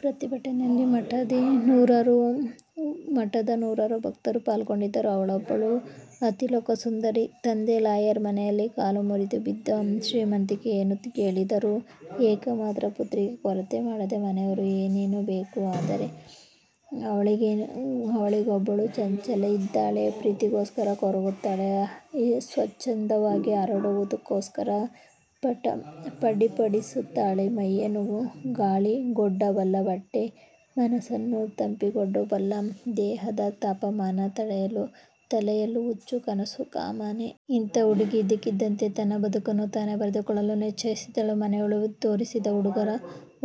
ಪ್ರತಿಭಟನೆಯಲ್ಲಿ ಮಠದನೂರಾರು ಭಕ್ತರು ಪಾಲ್ಗೊಂಡಿದ್ದರು. ಅವಳೊಬ್ಬಳು ಅತಿಲೋಕಸುಂದರಿ. ತಂದೆ ಲಾಯರ್, ಮನೆಯಲ್ಲಿ ಕಾಲು ಮುರಿದು ಬಿದ್ದ ಶ್ರೀಮಂತಿಕೆ, ಏನು ಕೇಳಿದರೂ ಏಕಮಾತ್ರ ಪುತ್ರಿಗೆ ಕೊರತೆ ಮಾಡದ ಮನೆಯವರು. ಇನ್ನೇನು ಬೇಕು? ಆದರೆ ಅವಳೊಳಗೊಬ್ಬಳು ಚಂಚಲೆ ಇದ್ದಾಳೆ, ಪ್ರೀತಿಗೋಸ್ಕರ ಕೊರಗುತ್ತಾಳೆ, ಸ್ವತ್ಛಂದವಾಗಿ ಹಾರಾಡುವುದಕ್ಕೋಸ್ಕರ ಫಡಫಡಿಸುತ್ತಾಳೆ. ಮೈಯನ್ನು ಗಾಳಿಗೊಡ್ಡಬಲ್ಲ ಬಟ್ಟೆ, ಮನಸನ್ನು ತಂಪಿಗೊಡ್ಡಬಲ್ಲ ದೇಹದ ತಾಪಮಾನ, ತಲೆಯಲ್ಲು ಹುಚ್ಚು ಕನಸು ಕಾಮನೆ. ಇಂಥ ಹುಡುಗಿ ಇದ್ದಕ್ಕಿದ್ದಂತೇ ತನ್ನ ಬದುಕನ್ನು ತಾನೇ ಬರೆದುಕೊಳ್ಳಲು ನಿಶ್ಚಯಿಸಿದಳು. ಮನೆಯವರು ತೋರಿಸಿದ್ದ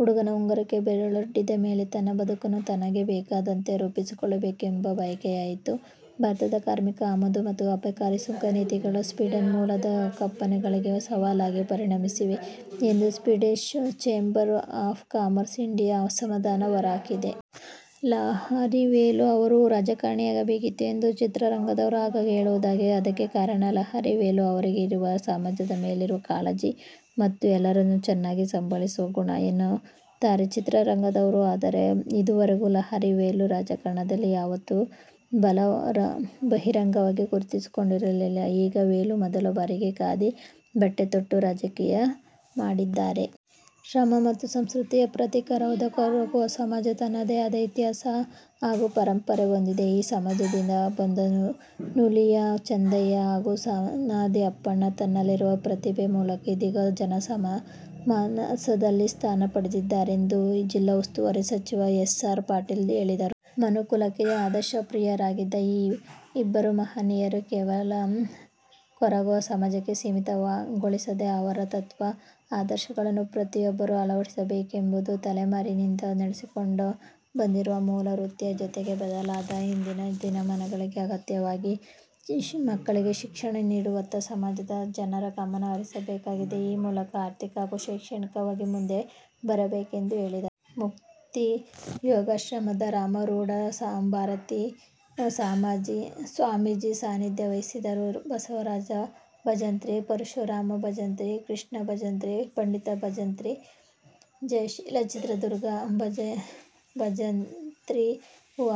ಹುಡುಗನ ಉಂಗುರಕ್ಕೆ ಬೆರಳೊಡ್ಡಿದ ಮೇಲೆ ತನ್ನ ಬದುಕನ್ನು ತನಗೆ ಬೇಕಾದಂತೆ ರೂಪಿಸಿಕೊಳ್ಳಬೇಕೆಂದು ಬಯಕೆಯಾಯ್ತು. ಭಾರತದ ಕಾರ್ಮಿಕ ಆಮದು ಮತ್ತು ಅಬಕಾರಿ ಸುಂಕ ನೀತಿಗಳು ಸ್ವೀಡನ್ ಮೂಲದ ಕಂಪನಿಗಳಿಗೆ ಸವಾಲಾಗಿ ಪರಿಣಮಿಸಿವೆ ಎಂದು Swedish chamber of commerce India ಅಸಮಾಧಾನ ಹೊರಹಾಕಿದೆ. ಲಹರಿ ವೇಲು ಅವರು ರಾಜಕಾರಣಿಯಾಗಬೇಕಿತ್ತು ಎಂದು ಚಿತ್ರರಂಗದವರು ಆಗಾಗ ಹೇಳುವುದಿದೆ. ಅದಕ್ಕೆ ಕಾರಣ ಲಹರಿ ವೇಲು ಅವರಿಗಿರುವ ಸಮಾಜದ ಮೇಲಿರುವ ಕಾಳಜಿ ಮತ್ತು ಎಲ್ಲರನ್ನೂ ಚೆನ್ನಾಗಿ ಸಂಭಾಳಿಸುವ ಗುಣ ಎನ್ನುತ್ತಾರೆ ಚಿತ್ರರಂಗದವರು. ಆದರೆ, ಇದುವರೆಗೂ ಲಹರಿ ವೇಲು ರಾಜಕಾರಣದಲ್ಲಿ ಯಾವತ್ತೂ ಬಹಿರಂಗವಾಗಿ ಗುರುತಿಸಿಕೊಂಡಿರಲಿಲ್ಲ. ಈಗ ವೇಲು ಮೊದಲ ಬಾರಿಗೆಖಾದಿ ಬಟ್ಟೆ ತೊಟ್ಟು, ರಾಜಕೀಯ ಮಾಡಿದ್ದಾರೆ. ಶ್ರಮ ಮತ್ತು ಸಂಸ್ಕೃತಿಯ ಪ್ರತೀಕವಾದ ಕೊರವ ಸಮಾಜ ತನ್ನದೆಯಾದ ಇತಿಹಾಸ ಹಾಗೂ ಪರಂಪರೆ ಹೊಂದಿದೆ. ಈ ಸಮಾಜದಿಂದ ಬಂದ ನುಲಿಯ ಚಂದಯ್ಯ ಹಾಗೂ ಸನಾದಿ ಅಪ್ಪಣ್ಣ ತಮ್ಮಲ್ಲಿರುವ ಪ್ರತಿಭೆ ಮೂಲಕ ಇಂದಿಗೂ ಜನಮಾನಸದಲ್ಲಿ ಸ್ಥಾನ ಪಡೆದಿದ್ದಾರೆಂದು ಜಿಲ್ಲಾ ಉಸ್ತುವಾರಿ ಸಚಿವ ಎಸ್. ಆರ್. ಪಾಟೀಲ ಹೇಳಿದರು. ಮನುಕುಲಕ್ಕೆ ಆದರ್ಶ ಪ್ರಿಯರಾಗಿದ್ದ ಈ ಇಬ್ಬರು ಮಹನಿಯರನ್ನು ಕೇವಲ ಕೊರವ ಸಮಾಜಕ್ಕೆ ಸೀಮಿತಗೊಳಿಸದೆ ಅವರ ತತ್ವ ಆದರ್ಶಗಳನ್ನು ಪ್ರತಿಯೊಬ್ಬರೂ ಅಳವಡಿಸಿಕೊಳ್ಳಬೇಕೆಂದರು. ತಲೆಮಾರಿನಿಂದ ನಡೆಸಿಕೊಂಡು ಬಂದಿರುವ ಮೂಲ ವೃತ್ತಿಯ ಜೊತೆಗೆ ಬದಲಾದ ಇಂದಿನ ದಿನಮಾನಗಳಿಗೆ ಅಗತ್ಯವಾಗಿ ಮಕ್ಕಳಿಗೆ ಶಿಕ್ಷಣ ನೀಡುವತ್ತ ಸಮಾಜದ ಜನರು ಗಮನ ಹರಿಸಬೇಕಿದೆ. ಈ ಮೂಲಕ ಆರ್ಥಿಕ ಮತ್ತು ಶೈಕ್ಷಣಿಕವಾಗಿ ಮುಂದೆ ಬರಬೇಕೆಂದು ಹೇಳಿದರು. ಮುಕ್ತಿ ಯೋಗಾಶ್ರಮದ ರಾಮರೂಢ ಭಾರತಿ ಸ್ವಾಮೀಜಿ ಸಾನ್ನಿಧ್ಯ ವಹಿಸಿದ್ದರು. ಬಸವರಾಜ ಭಜಂತ್ರಿ, ಪರಶುರಾಮ ಭಜಂತ್ರಿ, ಕೃಷ್ಣಾ ಭಂಜತ್ರಿ, ಪಂಡಿತ ಭಜಂತ್ರಿ, ಜಯಶೀಲಾ ಚಿತ್ರದುರ್ಗ, ಭಜಂತ್ರಿ,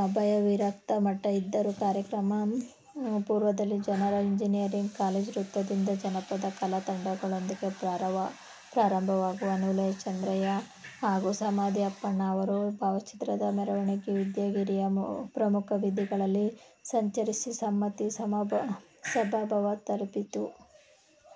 ಅಭಯ ವಿರಕ್ಷಮಠ ಇದ್ದರು. ಕಾರ್ಯಕ್ರಮ ಪೂರ್ವದಲ್ಲಿ ನಗರದ ಎಂಜನಿಯರಿಂಗ್ ಕಾಲೇಜ್ ವೃತ್ತದಿಂದ ಜಾನಪದ ಕಲಾ ತಂಡಗಳೊಂದಿಗೆ ಪ್ರಾರಂಭವಾದ ನುಲಿಯ ಚಂದಯ್ಯ ಹಾಗೂ ಸನಾದಿ ಅಪ್ಪಣ್ಣ ಅವರ ಭಾವಚಿತ್ರದ ಮೆರವಣಿಗೆ ವಿದ್ಯಾಗಿರಿಯ ಪ್ರಮುಖ ಬೀದಿಗಳಲ್ಲಿ ಸಂಚರಿಸಿ ಸನ್ಮತಿ ಸಭಾಭವನ ತಲುಪಿತು.